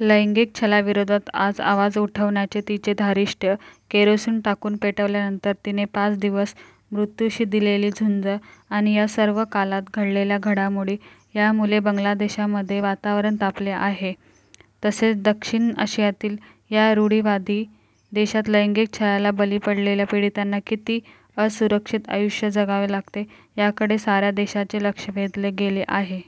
लैंगिक छळाविरोधात आवाज उठवण्याचे तिचे धारिष्ट्य, केरोसीन टाकून पेटवल्यानंतर तिने पाच दिवस मृत्यूशी दिलेली झुंज आणि या सर्व काळात घडलेल्या घडामोडी, यामुळे बांगलादेशमध्ये वातावरण तापले आहे. तसेच दक्षिण आशियातील या रूढिवादी देशात लैंगिक छळाला बळी पडलेल्या पीडितांना किती असुरक्षित आयुष्य जगावे लागते, याकडे साऱ्या देशाचे लक्ष वेधले गेले आहे.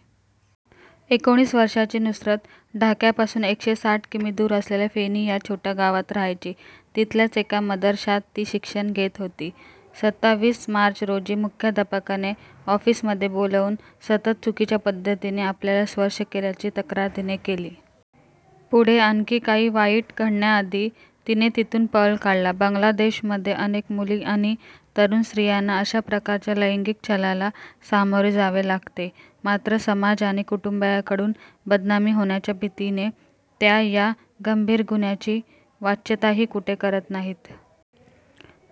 एकोणविस वर्षांची नुसरत ढाक्यापासून एकशे साठ किमी दूर असलेल्या फेनी या छोट्या गावात राहायची. तिथल्याच एका मदरशात ती शिक्षण घेत होती. सताविस मार्च रोजी मुख्याध्यापकाने ऑफिसमध्ये बोलावून सतत चुकीच्या पद्धतीने आपल्याला स्पर्श केल्याची तक्रार तिने केली. पुढे आणखी काही वाईट घडण्याआधी तिने तिथून पळ काढला. बांगलादेशमध्ये अनेक मुली आणि तरुण स्त्रियांना अशा प्रकारच्या लैंगिक छळाला सामोरे जावे लागते. मात्र समाज आणि कुटुंबीयांकडून बदनामी होण्याच्या भीतीने त्या या गंभीर गुन्ह्याची वाच्यताही कुठे करत नाहीत.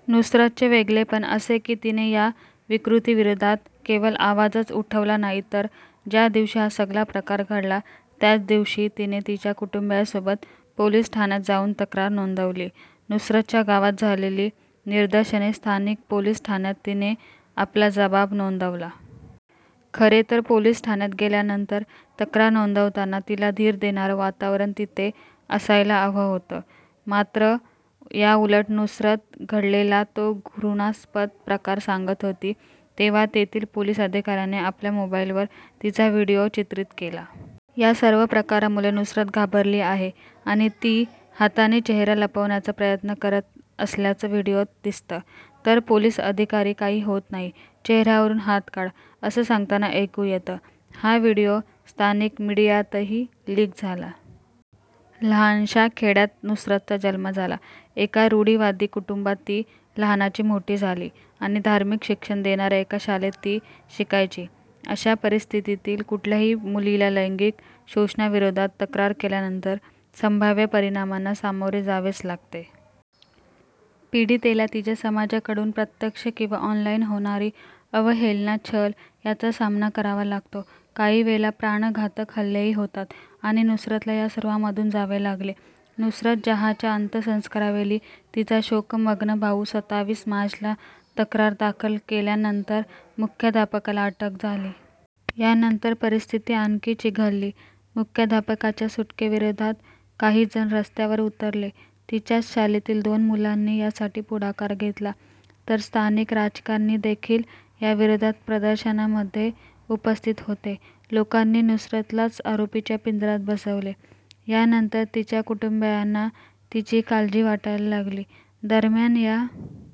नुसरतचे वेगळेपण असे की तिने या विकृतीविरोधात केवळ आवाजच उठवला नाही तर ज्या दिवशी हा सगळा प्रकार घडला त्याच दिवशी तिने तिच्या कुटुंबीयांसोबत पोलीस ठाण्यात जाऊन तक्रार नोंदवली. नुसरतच्या गावात झालेली निदर्शने स्थानिक पोलीस ठाण्यात तिने आपला जबाब नोंदवला. खरेतर पोलीस ठाण्यात गेल्यानंतर तक्रार नोंदवताना तिला धीर देणारं वातावरण तिथे असायला हवं होतं. मात्र, याउलट नुसरत जेव्हा घडलेला तो घृणास्पद प्रकार सांगत होती तेव्हा तेथील पोलीस अधिकाऱ्याने आपल्या मोबाईलवर तिचा व्हिडिओ चित्रित केला. या सर्व प्रकारामुळे नुसरत घाबरली आहे आणि ती हाताने चेहरा लपवण्याचा प्रयत्न करत असल्याचं व्हिडिओत दिसतं. तर पोलीस अधिकारी काही होत नाही, चेहऱ्यावरून हात काढ, असं सांगताना ऐकू येतं. हा व्हिडिओ स्थानिक मीडियातही लीक झाला. लहानशा खेड्यात नुसरतचा जन्म झाला. एका रूढिवादी कुटुंबात ती लहानाची मोठी झाली आणि धार्मिक शिक्षण देणाऱ्या एका शाळेत ती शिकायची. अशा परिस्थितीतील कुठल्याही मुलीला लैंगिक शोषणाविरोधात तक्रार केल्यानंतर संभाव्य परिणामांना सामोरे जावेच लागते. पीडितेला तिच्या समाजाकडून प्रत्यक्ष किंवा ऑनलाईन होणारी अवहेलना, छळ याचा सामना करावा लागतो. काही वेळा प्राणघातक हल्लेही होतात आणि नुसरतला या सर्वांमधून जावे लागले. नुसरत जहाँच्या अंत्यसंस्कारावेळी तिचा शोकमग्न भाऊ सताविस मार्चला तक्रार दाखल केल्यानंतर मुख्याध्यापकाला अटक झाली. यानंतर परिस्थिती आणखी चिघळली. मुख्यध्यापकाच्या सुटकेविरोधात काही जण रस्त्यावर उतरले. तिच्याच शाळेतील दोन मुलांनी यासाठी पुढाकार घेतला. तर स्थानिक राजकारणीदेखील या विरोधात प्रदर्शनामध्ये उपस्थित होते. लोकांनी नुसरतलाच आरोपीच्या पिंजऱ्यात बसवले. यानंतर तिच्या कुटुंबीयांना तिची काळजी वाटायला लागली. दरम्यान, या